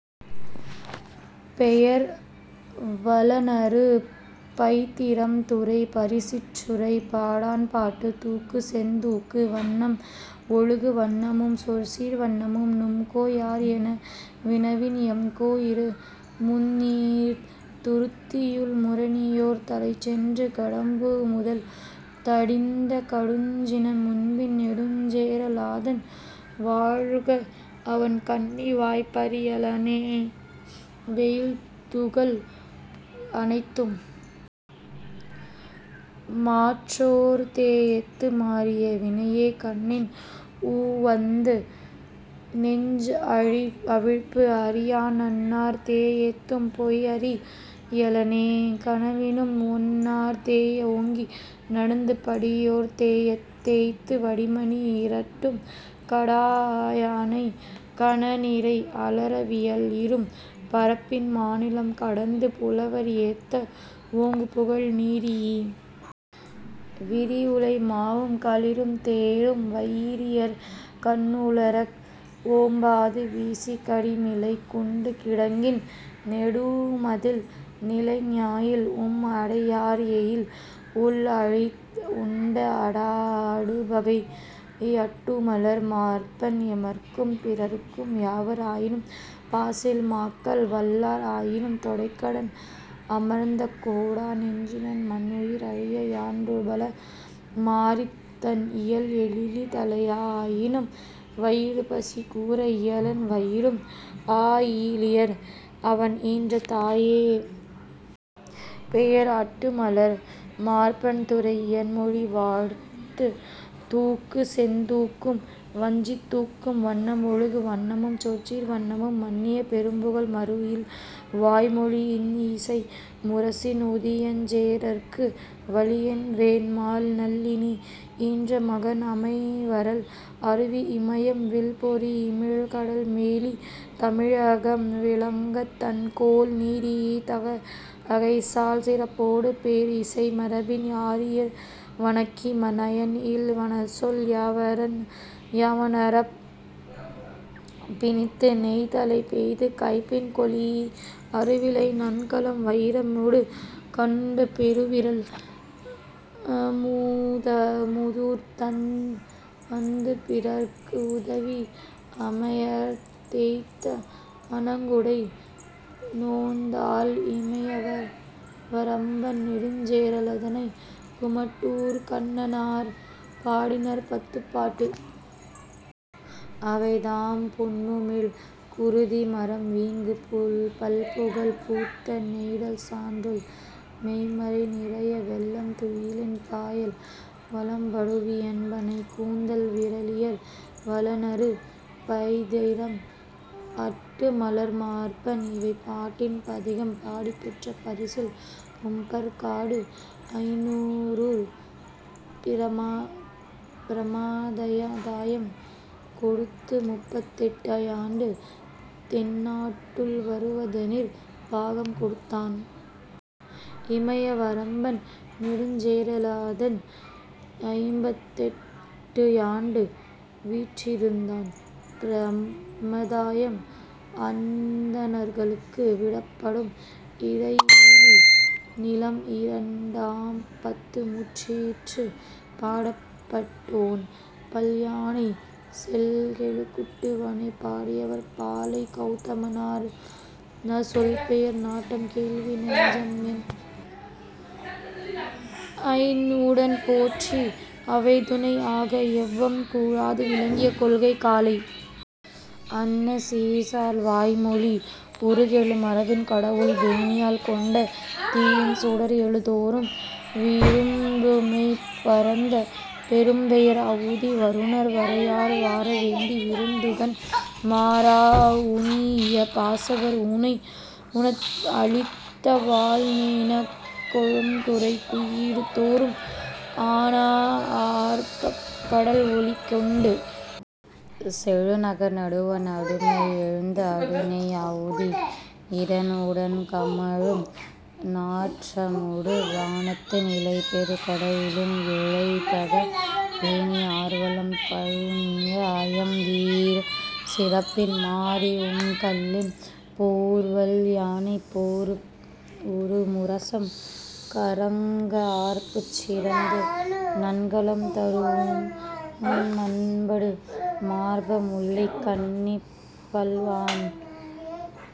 பெயர் வளனறு பைதிரம் துறை பரிசிற்றுறைப் பாடாண்பாட்டு தூக்கு செந்தூக்கு வண்ணம் ஒழுகு வண்ணமும் சொற்சீர் வண்ணமும் நும்கோ யார்என வினவின் எம்கோ இருமுந்நீர்த் துருத்தியுள் முரணியோர்த் தலைச்சென்று கடம்புமுதல் தடிந்த கடுஞ்சின முன்பின் நெடுஞ்சேர லாதன் வாழ்கஅவன் கண்ணி வாய்ப்அறி யலனே வெயில்துகள் அனைத்தும் மாற்றோர் தேஎத்து மாறிய வினையே கண்ணின் உவந்து நெஞ்அவிழ்பு அறியா நண்ணார் தேஎத்தும் பொய்ப்அறி யலனே கனவினும், ஒன்னார் தேய ஓங்கி நடந்து படியோர்த் தேய்த்து வடிமணி இரட்டும் கடாஅ யானைக் கணநிரை அலற வியல்இரும் பரப்பின் மாநிலம் கடந்து புலவர் ஏத்த ஓங்குபுகழ் நிறீஇ விரிஉளை மாவும் களிறும் தேரும் வயிரியர் கண்ணுளர்க் ஓம்பாது வீசிக் கடிமிளைக் குண்டுகிடங்கின் நெடுமதில் நிலைஞாயில் உம்உடை யார்எயில் உள்அழித் உண்ட அடாஅ அடுபகை அட்டுமலர் மார்பன் எமர்க்கும் பிறர்க்கும் யாவர் ஆயினும் பாசில் மாக்கள் வல்லார் ஆயினும் கொடைக்கடன் அமர்ந்த கோடா நெஞ்சினன் மன்உயிர் அழிய யாண்டுபல மாறித் தண்இயல் எழிலி தலையா ஆயினும் வயிறுபசி கூர ஈயலன் வயிறும்ஆ ஈலீயர்அவன் ஈன்ற தாயே. பெயர் அட்டுமலர் மார்பன் துறை இயன்மொழி வாழ்த்து தூக்கு செந்தூக்கும் வஞ்சித்தூக்கும் வண்ணம் ஒழுகு வண்ணமும் சொற்சீர் வண்ணமும் மன்னிய பெரும்புகழ் மறுஇல் வாய்மொழி இன்இசை முரசின் உதியஞ் சேரற்கு வளியன் வேண்மாள் நல்லினி ஈன்றமகன் அமைவரல் அருவி இமையம் வில்பொறித் இமிழ்கடல் வேலித் தமிழகம் விளங்கத் தன்கோல் நிறீஇத் தகைசால் சிறப்போடு பேர்இசை மரபின் ஆரியர் வணக்கி நயன்இல் வன்சொல் யவனர்ப் பிணித்து நெய்தலைப் பெய்து கைபின் கொளீஇ அருவிலை நன்கலம் வயிரமொடு கொண்டு பெருவிறல் மூதூர்த் தந்துபிறர்க் உதவி அமையார்த் தேய்த்த அணங்உடை நோன்தாள் இமையவரம்பன் நெடுஞ்சேரலதனைக் குமட்டூர்க் கண்ணனார் பாடினார் பத்துப்பாட்டு. அவைதாம்: புண்ணுமிழ் குருதி, மறம்வீங்கு பல்புகழ், பூத்த நெய்தல், சான்றோர் மெய்ம்மறை, நிரைய வெள்ளம், துயிலின் பாயல், வலம்படுவியன்பணை, கூந்தல் விறலியர், வளனறு பைதிரம், அட்டுமலர்மார்பன் இவை பாட்டின் பதிகம். பாடிப்பெற்ற பரிசில்: உம்பற்கட்டு ஐந்நூறூர் பிரமதாயம் கொடுத்து முப்பத்தெட்டுயாண்டு தென்னாட்டுள் வருவதனிற் பாகம் கொடுத்தான். இமைய வரம்பன் நெடுஞ்சேரலாதன் ஐம்பத்தெட்டுயாண்டு வீற்றிருந்தான். பிரமதாயம் அந்தணர்களுக்கு விடப்படும் இறையிலி நிலம் இரண்டாம் பத்து முற்றிற்று பாடப்பட்டோன்: பல்யானைச் செல்கெழு குட்டுவனைப் பாடியவர்: பாலைக் கெளதமனார் சொல்பெயர் நாட்டம் கேள்வி நெஞ்சம்என் ஐந்உடன் போற்றி அவைதுணை ஆக எவ்வம் கூழாது விளங்கிய கொள்கைக் காலை அன்ன சீர்சால் வாய்மொழி உருகெழு மரபின் கடவுள் பேணியர் கொண்ட தீயின் சுடர்எழு தோறும் விரும்புமெய் பரந்த பெரும்பெயர் ஆவுதி வருநர் வரையார் வார வேண்டி விருந்துகண் மாறா உணீஇய பாசவர் ஊனத் அழித்த வால்நிணக் கொழும்குறை குய்யிடு தோறும் ஆனா ஆர்ப்பக் கடல்ஒலி கொண்டு செழுநகர் நடுவண் அடுமை எழுந்த அடுநெய் ஆவுதி இரண்உடன் கமழும் நாற்றமொடு வானத்து நிலைபெறு கடவுளும் விழைதகப் பேணி ஆர்வளம் பழுனிய ஐயம்தீர் சிறப்பின் மாரிஅம் கள்ளின் போர்வல் யானைப் போர்ப்உறு முரசம் கறங்க ஆர்ப்புச்சிறந்து நன்கலம் தரூஉம் மண்படு மார்ப முல்லைக் கண்ணிப் பல்ஆன்